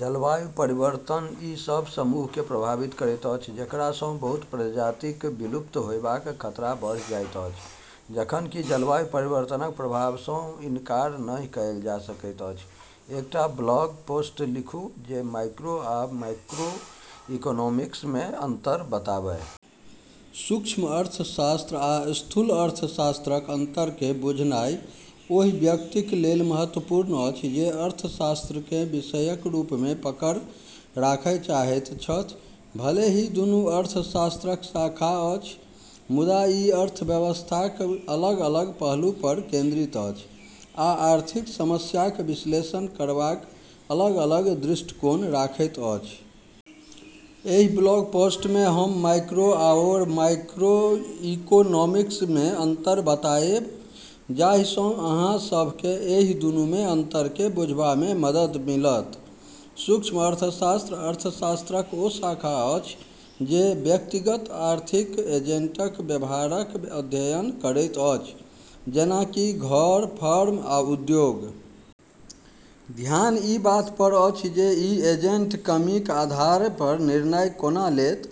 जलवायु परिवर्तन ई सभ समूहकेँ प्रभावित करैत अछि, जेकरा सँ बहुत प्रजातिक विलुप्त होयबाक खतरा बढ़ि जाइत अछि। जखन कि जलवायु परिवर्तनक प्रभाव सँ इनकार नहि कएल जा सकैत अछि। एकटा ब्लॉग पोस्ट लिखू जे माइक्रो आ मैक्रोइकोनॉमिक्समे अंतर बताबय। सूक्ष्म अर्थशास्त्र आ स्थूल अर्थशास्त्रक अंतरकेँ बुझनाइ ओहि व्यक्तिक लेल महत्वपूर्ण अछि जे अर्थशास्त्रकेँ विषयक रूपमे पकड़ राखय चाहैत छथि। भले ही दुनू अर्थशास्त्रक शाखा अछि, मुदा ई अर्थव्यवस्थाक अलग-अलग पहलू पर केंद्रित अछि आ आर्थिक समस्याक विश्लेषण करबाक अलग-अलग दृष्टिकोण राखैत अछि। एहि ब्लॉग पोस्टमे हम माइक्रो आओर मैक्रोइकोनॉमिक्समे अंतर बताएब जाहि सँ अहाँ सभकेँ एहि दुनूमे अंतरकेँ बुझबामे मदद मिलत। सूक्ष्म अर्थशास्त्र अर्थशास्त्रक ओ शाखा अछि जे व्यक्तिगत आर्थिक एजेंटक व्यवहारक अध्ययन करैत अछि, जेना कि घर, फर्म, आ उद्योग। ध्यान ई बात पर अछि जे ई एजेंट कमीक आधार पर निर्णय कोना लेत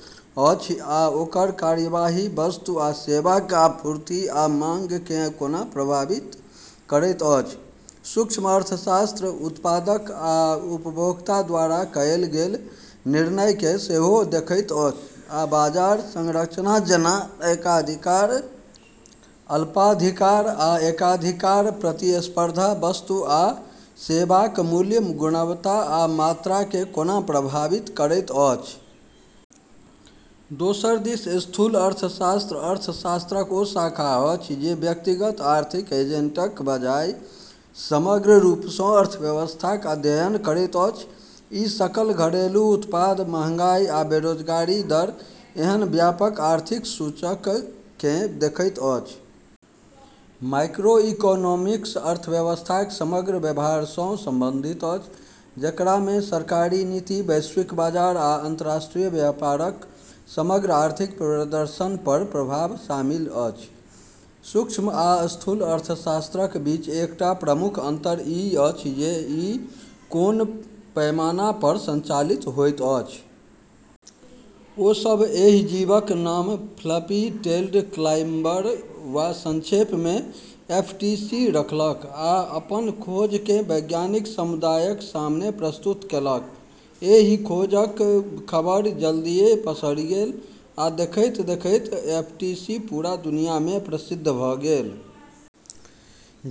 अछि आ ओकर कार्यवाही वस्तु आ सेवाक आपूर्ति आ माँगकेँ कोना प्रभावित करैत अछि। सूक्ष्म अर्थशास्त्र उत्पादक आ उपभोक्ता द्वारा कएल गेल निर्णयकेँ सेहो देखैत अछि, आ बाजार संरचना जेना एकाधिकार, अल्पाधिकार, आ एकाधिकार प्रतिस्पर्धा वस्तु आ सेवाक मूल्य, गुणवत्ता आ मात्राकेँ कोना प्रभावित करैत अछि। दोसर दिस स्थूल अर्थशास्त्र अर्थशास्त्रक ओ शाखा अछि जे व्यक्तिगत आर्थिक एजेंटक बजाय समग्र रूप सँ अर्थव्यवस्थाक अध्ययन करैत अछि। ई सकल घरेलू उत्पाद, मँहगाई, आ बेरोजगारी दर एहन व्यापक आर्थिक सूचककेँ देखैत अछि। मैक्रोइकोनॉमिक्स अर्थव्यवस्थाक समग्र व्यवहार सँ संबंधित अछि, जेकरामे सरकारी नीति, वैश्विक बाजार, आ अंतर्राष्ट्रीय व्यापारक समग्र आर्थिक प्रदर्शन पर प्रभाव शामिल अछि। सूक्ष्म आ स्थूल अर्थशास्त्रक बीच एकटा प्रमुख अंतर ई अछि जे ई कोन पैमाना पर संचालित होइत अछि। ओ सभ एहि जीवक नाम "फ्लफी टेल्ड क्लाइम्बर" वा संक्षेपमे एफटीसी रखलक आ अपन खोजकेँ वैज्ञानिक समुदायक सामने प्रस्तुत केलक। एहि खोजक खबरि जल्दीए पसरि गेल, आ देखैत-देखैत एफटीसी पूरा दुनियामे प्रसिद्ध भ’ गेल।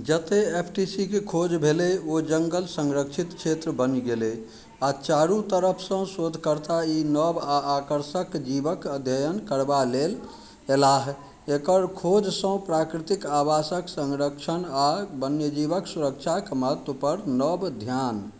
जतै एफटीसीक खोज भेलै, ओ जंगल संरक्षित क्षेत्र बनि गेलै, आ चारू तरफ सँ शोधकर्ता ई नव आ आकर्षक जीवक अध्ययन करबा लेल एलाह। एकर खोज सँ प्राकृतिक आवासक संरक्षण आ वन्यजीवक सुरक्षाक महत्व पर नव ध्यान।